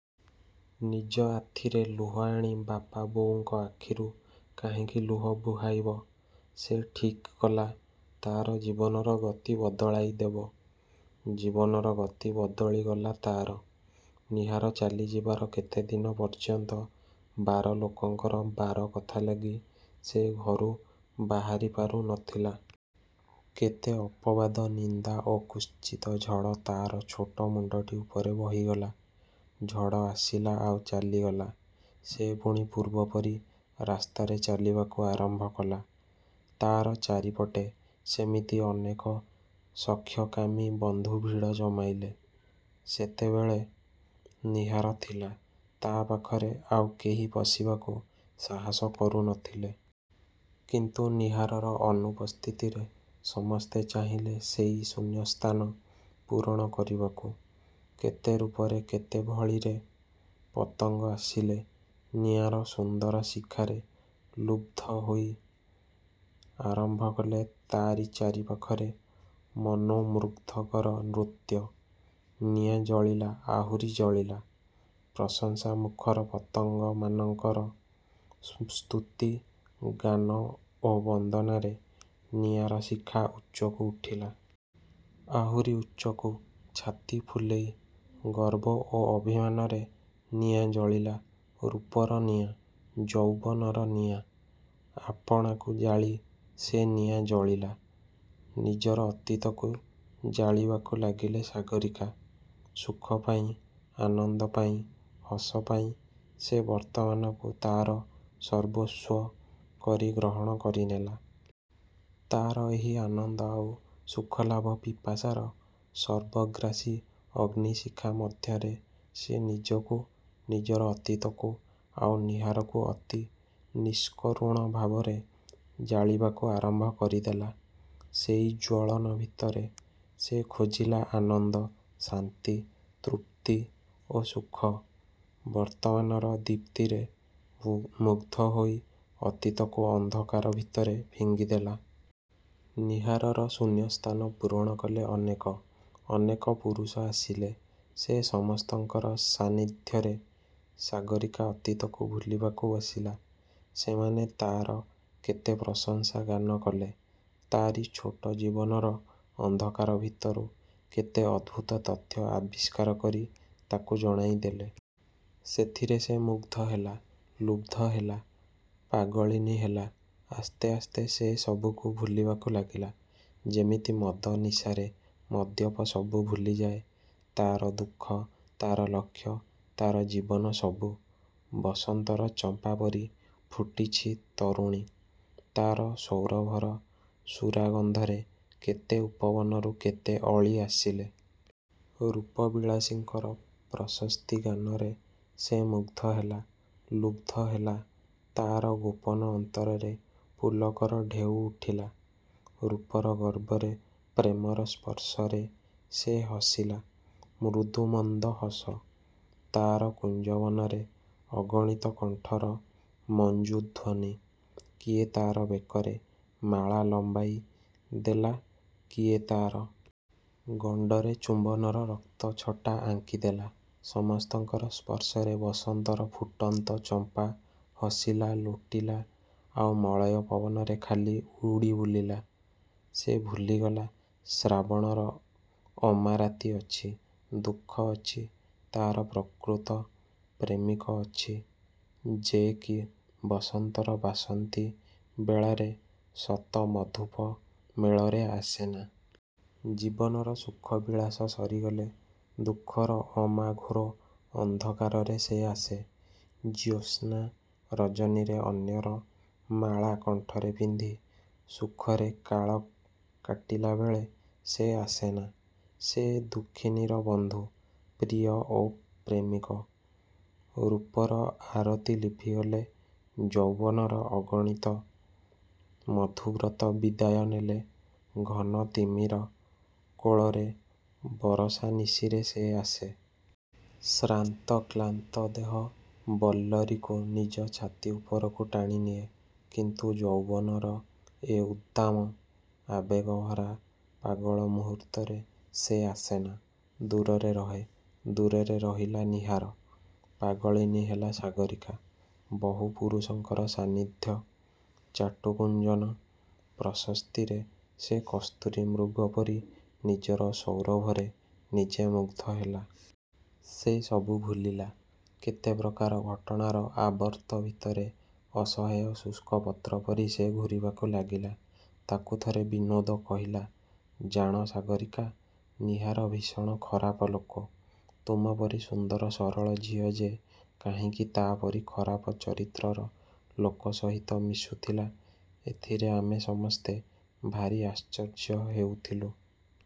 ନିଜ ଆଥିରେ ଲୁହ ଆଣି ବାପା ବୋଉଙ୍କ ଆଖିରୁ କାହିଁକି ଲୁହ ବୁହାଇବ। ସେ ଠିକ୍ କଲା ତା'ର ଜୀବନର ଗତି ବଦଳାଇ ଦେବ। ଜୀବନର ଗତି ବଦଳି ଗଲା ତା'ର। ନୀହାର ଚାଲି ଯିବାର କେତେ ଦିନ ପର୍ଯ୍ୟନ୍ତ ବାର ଲୋକଙ୍କର ବାର କଥା ଲାଗି ସେ ଘରୁ ବାହାରିପାରୁ ନଥିଲା। କେତେ ଅପବାଦ ନିନ୍ଦା ଓ କୁତ୍ସିତ ଝଡ଼ ତା'ର ଛୋଟ ମୁଣ୍ତଟି ଉପରେ ବହିଗଲା। ଝଡ଼ ଆସିଲା ଆଉ ଚାଲିଗଲା। ସେ ପୁଣି ପୂର୍ବପରି ରାସ୍ତାରେ ଚାଲିବାକୁ ଆରମ୍ଭ କଲା। ତା'ର ଚାରି ପଟେ ସେମିତି ଅନେକ ସଖ୍ୟକାମୀ ବନ୍ଧୁ ଭିଡ଼ ଜମାଇଲେ। ସେତେବେଳେ ନୀହାର ଥିଲା-ତା' ପାଖରେ ଆଉ କେହି ପଶିବାକୁ ସାହସ କରୁନଥିଲେ। କିନ୍ତୁ ନୀହାରର ଅନୁପସ୍ଥିତିରେ ସମସ୍ତେ ଚାହିଁଲେ ସେଇ ଶୂନ୍ୟସ୍ଥାନ ପୂରଣ କରିବାକୁ। କେତେ ରୂପରେ କେତେ ଭଳିରେ ପତଙ୍ଗ ଆସିଲେ-ନିଆଁର ସୁନ୍ଦର ଶିଖାରେ ଲୁବ୍ଧ ହୋଇ; ଆରମ୍ଭ କଲେ ତାରି ଚାରିପାଖରେ ମନୋମୃଗ୍ଧକର ନୃତ୍ୟ। ନିଆଁ ଜଳିଲା-ଆହୁରି ଜଳିଲା। ପ୍ରଶଂସା ମୁଖର ପତଙ୍ଗମାନଙ୍କର ସ୍ତୁତି, ଗାନ ଓ ବନ୍ଦନାରେ ନିଆଁର ଶିଖା ଉଚ୍ଚକୁ ଉଠିଲା-। ଆହୁରି ଉଚ୍ଚକୁ। ଛାତି ଫୁଲେଇ, ଗର୍ବ ଓ ଅଭିମାନରେ ନିଆଁ ଜଳିଲା। ରୂପର ନିଆଁ; ଯୌବନର ନିଆଁ। ଆପଣାକୁ ଜାଳି ସେ ନିଆଁ ଜଳିଲା। ନିଜର ଅତୀତକୁ ଜାଳିବାକୁ ଲାଗିଲେ ସାଗରୀକା-। ସୁଖ ପାଇଁ, ଆନନ୍ଦ ପାଇଁ, ହସ ପାଇଁ ସେ ବର୍ତ୍ତମାନକୁ ତା'ର ସର୍ବସ୍ୱ କରି ଗ୍ରହଣ କରିନେଲା-। ତା'ର ଏହି ଆନନ୍ଦ ଆଉ ସୁଖଲାଭ ପିପାସାର ସର୍ବଗ୍ରାସୀ-ଅଗ୍ନିଶିଖା ମଧ୍ୟରେ ସେ ନିଜକୁ, ନିଜର ଅତୀତକୁ ଆଉ ନୀହାରକୁ ଅତି ନିଷ୍କରୁଣ ଭାବରେ ଜାଳିବାକୁ ଆରମ୍ଭ କରିଦେଲା। ସେଇ ଜ୍ୱଳନ ଭିତରେ ସେ ଖୋଜିଲା ଆନନ୍ଦ, ଶାନ୍ତି, ତୃପ୍ତି ଓ ସୁଖ। ବର୍ତ୍ତମାନର ଦୀପ୍ତିରେ ମୁଗ୍ଧ ହୋଇ ଅତୀତକୁ ଅନ୍ଧକାର ଭିତରେ ଫିଙ୍ଗିଦେଲା। ନୀହାରର ଶୂନ୍ୟସ୍ଥାନ ପୂରଣ କଲେ ଅନେକ। ଅନେକ ପୁରୁଷ ଆସିଲେ। ସେ ସମସ୍ତଙ୍କର ସାନ୍ନିଧ୍ୟରେ, ସାଗରୀକା ଅତୀତକୁ ଭୁଲିବାକୁ ବସିଲା। ସେମାନେ ତା'ର କେତେ ପ୍ରଶଂସା ଗାନ କଲେ; ତାରି ଛୋଟ ଜୀବନର ଅନ୍ଧକାର ଭିତରୁ କେତେ ଅଦ୍ଭୁତ ତଥ୍ୟ ଆବିଷ୍କାର କରି ତାକୁ ଜଣାଇ ଦେଲେ। ସେଥିରେ ସେ ମୁଗ୍ଧ ହେଲା-ଲୁବ୍ଧ ହେଲା-ପାଗଳିନୀ ହେଲା। ଆସ୍ତେ ଆସ୍ତେ ସେ ସବୁକୁ ଭୁଲିବାକୁ ଲାଗିଲା। ଯେମିତି ମଦ-ନିଶାରେ ମଦ୍ୟପ ସବୁ ଭୁଲିଯାଏ-ତା'ର ଦୁଃଖ, ତା'ର ଲକ୍ଷ୍ୟ ତା'ର ଜୀବନ ସବୁ। ବସନ୍ତର ଚମ୍ପା ପରି ଫୁଟିଛି ତରୁଣୀ। ତା'ର ସୌରଭର ସୁରା-ଗନ୍ଧରେ କେତେ ଉପବନରୁ କେତେ ଅଳି ଆସିଲେ। ରୂପ-ବିଳାସୀଙ୍କର ପ୍ରଶସ୍ତି ଗାନରେ ସେ ମୁଗ୍ଧ ହେଲା; ଲୁବ୍ଧ ହେଲା। ତା'ର ଗୋପନ ଅନ୍ତରରେ ପୁଲକର ଢେଉ ଉଠିଲା। ରୂପର ଗର୍ବରେ ପ୍ରେମର ସ୍ପର୍ଶରେ ସେ ହସିଲା; ମୃଦୁ-ମନ୍ଦ ହସ। ତା'ର କୁଞ୍ଜବନରେ ଅଗଣିତ କଣ୍ଠର ମଞ୍ଜୁ ଧ୍ୱନି। କିଏ ତା'ର ବେକରେ ମାଳା ଲମ୍ୱାଇ ଦେଲା-କିଏ ତା'ର। ଗଣ୍ତରେ ଚୁମ୍ୱନର ରକ୍ତଛଟା ଆଙ୍କିଦେଲା। ସମସ୍ତଙ୍କର ସ୍ପର୍ଶରେ ବସନ୍ତର ଫୁଟନ୍ତ ଚମ୍ପା, ହସିଲା, ଲୋଟିଲା ଆଉ ମଳୟ ପବନରେ ଖାଲି ଉଡ଼ି ବୁଲିଲା। ସେ ଭୁଲିଗଲା ଶ୍ରାବଣର ଅମାରାତି ଅଛି, ଦୁଃଖ ଅଛି। ତା'ର ପ୍ରକୃତ ପ୍ରେମିକ ଅଛି। ଯେ କି ବସନ୍ତର ବାସନ୍ତୀ ବେଳାରେ; ଶତ ମଧୁପ ମେଳରେ ଆସେନା। ଜୀବନର ସୁଖ ବିଳାସ ସରିଗଲେ ଦୁଃଖର ଅମାଘୋର ଅନ୍ଧକାରରେ ସେ ଆସେ। ଜ୍ୟୋତ୍ସ୍ନା ରଜନୀରେ ଅନ୍ୟର ମାଳା କଣ୍ଠରେ ପିନ୍ଧି ସୁଖରେ କାଳ କାଟିଲାବେଳେ ସେ ଆସେନା। ସେ ଦୁଃଖିନୀର ବନ୍ଧୁ, ପ୍ରିୟ ଓ ପ୍ରେମିକ। ରୂପର-ଆରତୀ ଲିଭିଗଲେ, ଯୌବନର ଅଗଣିତ ମଧୁବ୍ରତ ବିଦାୟ ନେଲେ; ଘନ-ତିମିର କୋଳରେ ବରଷା-ନିଶିରେ ସେ ଆସେ। ଶ୍ରାନ୍ତ କ୍ଳାନ୍ତ ଦେହ-ବଲ୍ଲରୀକୁ ନିଜ ଛାତି ଉପରକୁ ଟାଣିନିଏ। କିନ୍ତୁ ଯୌବନର ଏ ଉଦ୍ଦାମ ଆବେଗଭରା ପାଗଳ ମୁହୂର୍ତ୍ତରେ ସେ ଆସେନା-ଦୂରରେ ରହେ। ଦୂରରେ ରହିଲା ନୀହାର। ପାଗଳିନୀ ହେଲା ସାଗରୀକା। ବହୁ ପୁରୁଷଙ୍କର ସାନ୍ନିଧ୍ୟ, ଚାଟୁ ଗୁଞ୍ଜନ, ପ୍ରଶସ୍ତିରେ ସେ କସ୍ତୁରୀ-ମୃଗ ପରି ନିଜର ସୌରଭରେ ନିଜେ ମୁଗ୍ଧ ହେଲା। ସେ ସବୁ ଭୁଲିଲା। କେତେପ୍ରକାର ଘଟଣାର ଆବର୍ତ୍ତ ଭିତରେ ଅସହାୟ ଶୁଷ୍କ ପତ୍ର ପରି ସେ ଘୂରିବାକୁ ଲାଗିଲା। ତାକୁ ଥରେ ବିନୋଦ କହିଲା-''ଜାଣ ସାଗରୀକା! ନୀହାର ଭୀଷଣ ଖରାପ ଲୋକ। ତୁମ ପରି ସୁନ୍ଦର ସରଳ ଝିଅ ଯେ କାହିଁକି ତା'ପରି ଖରାପ ଚରିତ୍ରର ଲୋକ ସହିତ ମିଶୁଥିଲା; ଏଥିରେ ଆମେ ସମସ୍ତେ ଭାରୀ ଆଶ୍ଚର୍ଯ୍ୟ ହେଉଥିଲୁ।